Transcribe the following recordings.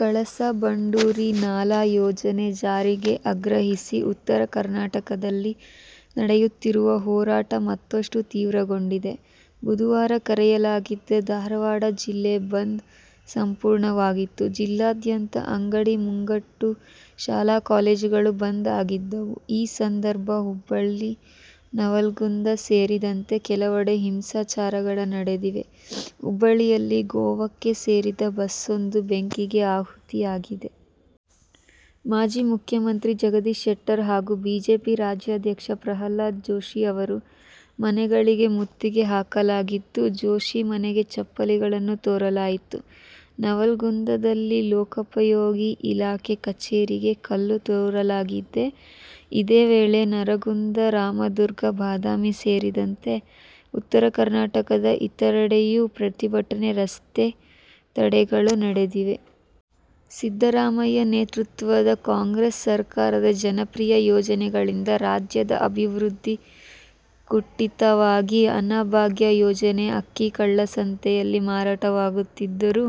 ಕಳಸಾ-ಬಂಡೂರಿ ನಾಲಾ ಯೋಜನೆ ಜಾರಿಗೆ ಆಗ್ರಹಿಸಿ ಉತ್ತರ ಕರ್ನಾಟಕದಲ್ಲಿ ನಡೆಯುತ್ತಿರುವ ಹೋರಾಟ ಮತ್ತಷ್ಟು ತೀವ್ರಗೊಂಡಿದೆ. ಬುಧವಾರ ಕರೆಯಲಾಗಿದ್ದ ಧಾರವಾಡ ಜಿಲ್ಲಾ ಬಂದ್ ಸಂಪೂರ್ಣವಾಗಿತ್ತು. ಜಿಲ್ಲಾದ್ಯಂತ ಅಂಗಡಿ-ಮುಂಗಟ್ಟು, ಶಾಲಾ-ಕಾಲೇಜುಗಳು ಬಂದ್ ಆಗಿದ್ದವು. ಈ ಸಂದರ್ಭ ಹುಬ್ಬಳ್ಳಿ, ನವಲಗುಂದ ಸೇರಿದಂತೆ ಕೆಲವೆಡೆ ಹಿಂಸಾಚಾರಗಳು ನಡೆದಿವೆ. ಹುಬ್ಬಳ್ಳಿಯಲ್ಲಿ ಗೋವಾಕ್ಕೆ ಸೇರಿದ ಬಸ್ಸೊಂದು ಬೆಂಕಿಗೆ ಆಹುತಿಯಾಗಿದೆ. ಮಾಜಿ ಮುಖ್ಯಮಂತ್ರಿ ಜಗದೀಶ ಶೆಟ್ಟರ್ ಹಾಗೂ ಬಿಜೆಪಿ ರಾಜ್ಯಾಧ್ಯಕ್ಷ ಪ್ರಹ್ಲಾದ್ ಜೋಶಿ ಅವರ ಮನೆಗಳಿಗೆ ಮುತ್ತಿಗೆ ಹಾಕಲಾಗಿದ್ದು, ಜೋಶಿ ಮನೆಗೆ ಚಪ್ಪಲಿಗಳನ್ನು ತೂರಲಾಯಿತು. ನವಲಗುಂದದಲ್ಲಿ ಲೋಕೋಪಯೋಗಿ ಇಲಾಖೆಯ ಕಚೇರಿಗೆ ಕಲ್ಲು ತೂರಲಾಗಿದೆ. ಇದೇ ವೇಳೆ, ನರಗುಂದ, ರಾಮದುರ್ಗ, ಬಾದಾಮಿ ಸೇರಿದಂತೆ ಉತ್ತರ ಕರ್ನಾಟಕದ ಇತರೆಡೆಯೂ ಪ್ರತಿಭಟನೆ, ರಸ್ತೆ ತಡೆಗಳು ನಡೆದಿವೆ. ಸಿದ್ದರಾಮಯ್ಯ ನೇತೃತ್ವದ ಕಾಂಗ್ರೆಸ್ ಸರಕಾರದ ಜನಪ್ರಿಯ ಯೋಜನೆಗಳಿಂದ ರಾಜ್ಯದ ಅಭಿವೃದ್ಧಿ ಕುಂಠಿತವಾಗಿದೆ. ಅನ್ನಭಾಗ್ಯ ಯೋಜನೆಯ ಅಕ್ಕಿ ಕಾಳಸಂತೆಯಲ್ಲಿ ಮಾರಾಟವಾಗುತ್ತಿದ್ದರೂ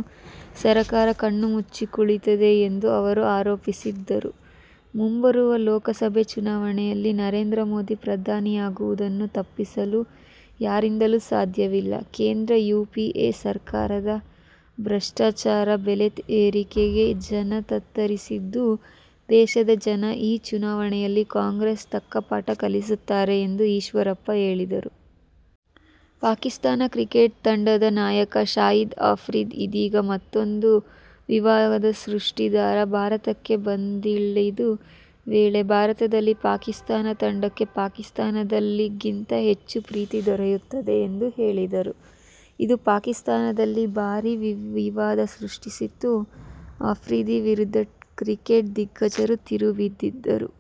ಸರಕಾರ ಕಣ್ಣು ಮುಚ್ಚಿ ಕುಳಿತಿದೆ ಎಂದು ಅವರು ಆರೋಪಿಸಿದರು. ಮುಂಬರುವ ಲೋಕಸಭೆ ಚುನಾವಣೆಯಲ್ಲಿ ನರೇಂದ್ರ ಮೋದಿ ಪ್ರಧಾನಿಯಾಗುವುದನ್ನು ತಪ್ಪಿಸಲು ಯಾರಿಂದಲೂ ಸಾಧ್ಯವಿಲ್ಲ. ಕೇಂದ್ರದ ಯುಪಿಎ ಸರಕಾರದ ಭ್ರಷ್ಟಾಚಾರ, ಬೆಲೆ ಏರಿಕೆಗೆ ಜನ ತತ್ತರಿಸಿದ್ದು, ದೇಶದ ಜನ ಈ ಚುನಾವಣೆಯಲ್ಲಿ ಕಾಂಗ್ರೆಸ್ಗೆ ತಕ್ಕ ಪಾಠ ಕಲಿಸುತ್ತಾರೆ ಎಂದು ಈಶ್ವರಪ್ಪ ಹೇಳಿದರು. ಪಾಕಿಸ್ತಾನ ಕ್ರಿಕೆಟ್ ತಂಡದ ನಾಯಕ ಶಾಹಿದ್ ಅಫ್ರಿದಿ ಇದೀಗ ಮತ್ತೂಂದು ವಿವಾದ ಸೃಷ್ಟಿಸಿದ್ದಾರೆ. ಭಾರತಕ್ಕೆ ಬಂದಿಳಿದ ವೇಳೆ ಭಾರತದಲ್ಲಿ ಪಾಕಿಸ್ತಾನ ತಂಡಕ್ಕೆ ಪಾಕಿಸ್ತಾನದಲ್ಲಿಗಿಂತ ಹೆಚ್ಚು ಪ್ರೀತಿ ದೊರೆಯುತ್ತಿದೆ ಎಂದು ಹೇಳಿದ್ದರು. ಇದು ಪಾಕಿಸ್ತಾನದಲ್ಲಿ ಭಾರೀ ವಿವಾದ ಸೃಷ್ಟಿಸಿತ್ತು. ಅಫ್ರಿದಿ ವಿರುದ್ಧ ಕ್ರಿಕೆಟ್ ದಿಗ್ಗಜರು ತಿರುಗಿಬಿದ್ದಿದ್ದರು.